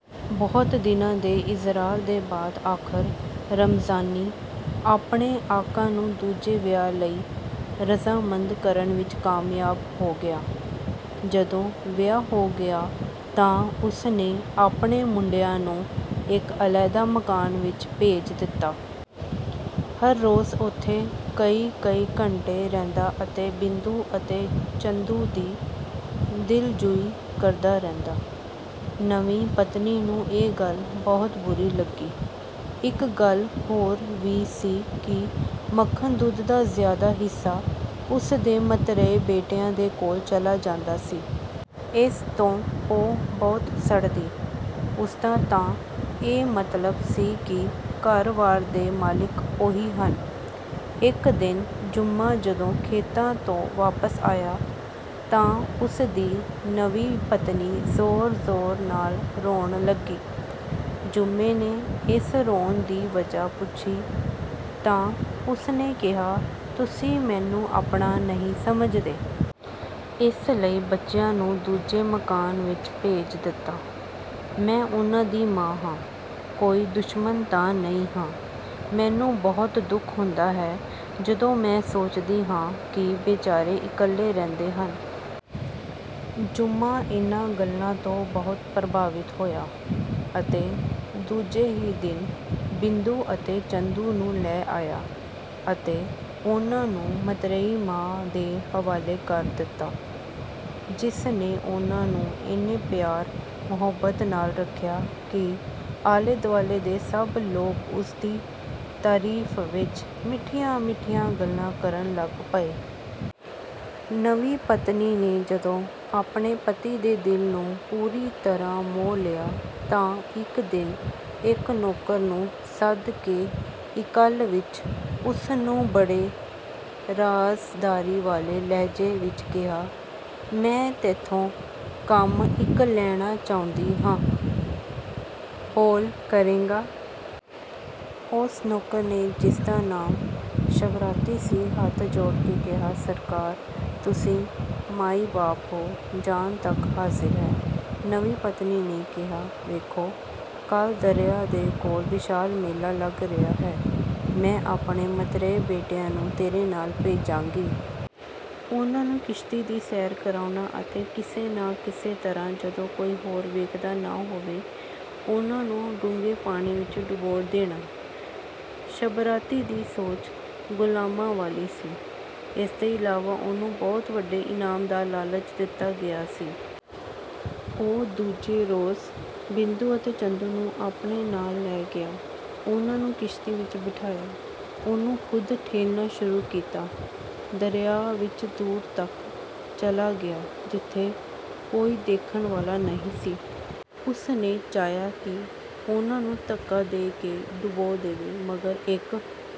ਬਹੁਤ ਦਿਨਾਂ ਦੇ ਇਸਰਾਰ ਦੇ ਬਾਅਦ ਆਖ਼ਰ ਰਮਜ਼ਾਨੀ ਆਪਣੇ ਆਕਾ ਨੂੰ ਦੂਜੇ ਵਿਆਹ ਲਈ ਰਜ਼ਾਮੰਦ ਕਰਨ ਵਿੱਚ ਕਾਮਯਾਬ ਹੋ ਗਿਆ। ਜਦੋਂ ਵਿਆਹ ਹੋ ਗਿਆ ਤਾਂ ਉਸਨੇ ਆਪਣੇ ਮੁੰਡਿਆਂ ਨੂੰ ਇੱਕ ਅਲਹਿਦਾ ਮਕਾਨ ਵਿੱਚ ਭੇਜ ਦਿੱਤਾ। ਹਰ ਰੋਜ਼ ਉੱਥੇ ਕਈ ਕਈ ਘੰਟੇ ਰਹਿੰਦਾ ਅਤੇ ਬਿੰਦੂ ਅਤੇ ਚੰਦੂ ਦੀ ਦਿਲਜੂਈ ਕਰਦਾ ਰਹਿੰਦਾ। ਨਵੀਂ ਪਤਨੀ ਨੂੰ ਇਹ ਗੱਲ ਬਹੁਤ ਬੁਰੀ ਲੱਗੀ। ਇੱਕ ਗੱਲ ਹੋਰ ਵੀ ਸੀ ਕਿ ਮੱਖਣ-ਦੁੱਧ ਦਾ ਜ਼ਿਆਦਾ ਹਿੱਸਾ ਉਸਦੇ ਮਤਰੇਏ ਬੇਟਿਆਂ ਦੇ ਕੋਲ ਚਲਾ ਜਾਂਦਾ ਸੀ। ਇਸ ਤੋਂ ਉਹ ਬਹੁਤ ਸੜਦੀ, ਉਸਦਾ ਤਾਂ ਇਹ ਮਤਲਬ ਸੀ ਕਿ ਘਰ-ਵਾਰ ਦੇ ਮਾਲਿਕ ਉਹੀ ਹਨ। ਇੱਕ ਦਿਨ ਜੁੰਮਾ ਜਦੋਂ ਖੇਤਾਂ ਤੋਂ ਵਾਪਸ ਆਇਆ ਤਾਂ ਉਸਦੀ ਨਵੀਂ ਪਤਨੀ ਜ਼ੋਰ-ਜ਼ੋਰ ਨਾਲ ਰੋਣ ਲੱਗੀ। ਜੁੰਮੇ ਨੇ ਇਸ ਰੋਣ ਦੀ ਵਜ੍ਹਾ ਪੁੱਛੀ ਤਾਂ ਉਸਨੇ ਕਿਹਾ, ਤੁਸੀਂ ਮੈਨੂੰ ਆਪਣਾ ਨਹੀਂ ਸਮਝਦੇ। ਇਸ ਲਈ ਬੱਚਿਆਂ ਨੂੰ ਦੂਜੇ ਮਕਾਨ ਵਿੱਚ ਭੇਜ ਦਿੱਤਾ। ਮੈਂ ਉਨ੍ਹਾਂ ਦੀ ਮਾਂ ਹਾਂ, ਕੋਈ ਦੁਸ਼ਮਨ ਤਾਂ ਨਹੀਂ ਹਾਂ। ਮੈਨੂੰ ਬਹੁਤ ਦੁੱਖ ਹੁੰਦਾ ਹੈ ਜਦੋਂ ਮੈਂ ਸੋਚਦੀ ਹਾਂ ਕਿ ਬੇਚਾਰੇ ਇਕੱਲੇ ਰਹਿੰਦੇ ਹਨ। ਜੁੰਮਾ ਇਨ੍ਹਾਂ ਗੱਲਾਂ ਤੋਂ ਬਹੁਤ ਪ੍ਰਭਾਵਿਤ ਹੋਇਆ ਅਤੇ ਦੂਜੇ ਹੀ ਦਿਨ ਬਿੰਦੂ ਅਤੇ ਚੰਦੂ ਨੂੰ ਲੈ ਆਇਆ ਅਤੇ ਉਨ੍ਹਾਂ ਨੂੰ ਮਤ੍ਰੇਈ ਮਾਂ ਦੇ ਹਵਾਲੇ ਕਰ ਦਿੱਤਾ ਜਿਸ ਨੇ ਉਨ੍ਹਾਂ ਨੂੰ ਇੰਨੇ ਪਿਆਰ-ਮੁਹੱਬਤ ਨਾਲ਼ ਰੱਖਿਆ ਕਿ ਆਲੇ ਦੁਆਲੇ ਦੇ ਸਭ ਲੋਕ ਉਸਦੀ ਤਾਰੀਫ਼ ਵਿੱਚ ਮਿੱਠੀਆਂ ਮਿੱਠੀਆਂ ਗੱਲਾਂ ਕਰਨ ਲੱਗ ਪਏ। ਨਵੀਂ ਪਤਨੀ ਨੇ ਜਦੋਂ ਆਪਣੇ ਪਤੀ ਦੇ ਦਿਲ ਨੂੰ ਪੂਰੀ ਤਰ੍ਹਾਂ ਮੋਹ ਲਿਆ ਤਾਂ ਇੱਕ ਦਿਨ ਇੱਕ ਨੌਕਰ ਨੂੰ ਸੱਦ ਕੇ ਇਕੱਲ ਵਿੱਚ ਉਸ ਨੂੰ ਬੜੇ ਰਾਜ਼ਦਾਰੀ ਵਾਲੇ ਲਹਿਜੇ ਵਿੱਚ ਕਿਹਾ, "ਮੈਂ ਤੈਥੋਂ ਕੰਮ ਇੱਕ ਲੈਣਾ ਚਾਹੁੰਦੀ ਹਾਂ, ਬੋਲ ਕਰੇਂਗਾ?" ਉਸ ਨੌਕਰ ਨੇ ਜਿਸਦਾ ਨਾਮ ਸ਼ਬਰਾਤੀ ਸੀ, ਹੱਥ ਜੋੜ ਕੇ ਕਿਹਾ, "ਸਰਕਾਰ! ਤੁਸੀਂ ਮਾਈ-ਬਾਪ ਹੋ, ਜਾਨ ਤੱਕ ਹਾਜ਼ਿਰ ਹੈ।" ਨਵੀਂ ਪਤਨੀ ਨੇ ਕਿਹਾ, "ਵੇਖੋ, ਕੱਲ ਦਰਿਆ ਦੇ ਕੋਲ ਵਿਸ਼ਾਲ ਮੇਲਾ ਲੱਗ ਰਿਹਾ ਹੈ, ਮੈਂ ਆਪਣੇ ਮਤਰੇਏ ਬੇਟਿਆਂ ਨੂੰ ਤੇਰੇ ਨਾਲ਼ ਭੇਜਾਂਗੀ। ਉਨ੍ਹਾਂ ਨੂੰ ਕਿਸ਼ਤੀ ਦੀ ਸੈਰ ਕਰਾਉਣਾ ਅਤੇ ਕਿਸੇ ਨਾ ਕਿਸੇ ਤਰ੍ਹਾਂ ਜਦੋਂ ਕੋਈ ਹੋਰ ਵੇਖਦਾ ਨਾ ਹੋਵੇ ਉਨ੍ਹਾਂ ਨੂੰ ਡੂੰਘੇ ਪਾਣੀ ਵਿੱਚ ਡੁਬੋ ਦੇਣਾ।" ਸ਼ਬਰਾਤੀ ਦੀ ਸੋਚ ਗੁਲਾਮਾਂ ਵਾਲੀ ਸੀ, ਇਸਦੇ ਇਲਾਵਾ ਉਹਨੂੰ ਬਹੁਤ ਵੱਡੇ ਇਨਾਮ ਦਾ ਲਾਲਚ ਦਿੱਤਾ ਗਿਆ ਸੀ। ਉਹ ਦੂਜੇ ਰੋਜ਼ ਬਿੰਦੂ ਅਤੇ ਚੰਦੂ ਨੂੰ ਆਪਣੇ ਨਾਲ਼ ਲੈ ਗਿਆ। ਉਨ੍ਹਾਂ ਨੂੰ ਕਿਸ਼ਤੀ ਵਿੱਚ ਬਿਠਾਇਆ, ਉਹਨੂੰ ਖ਼ੁਦ ਠੇਲ੍ਹਣਾ ਸ਼ੁਰੂ ਕੀਤਾ। ਦਰਿਆ ਵਿੱਚ ਦੂਰ ਤੱਕ ਚਲਾ ਗਿਆ, ਜਿੱਥੇ ਕੋਈ ਦੇਖਣ ਵਾਲਾ ਨਹੀਂ ਸੀ। ਉਸਨੇ ਚਾਹਿਆ ਕਿ ਉਨ੍ਹਾਂ ਨੂੰ ਧੱਕਾ ਦੇ ਕੇ ਡੁਬੋ ਦੇਵੇ ਮਗਰ ਇੱਕ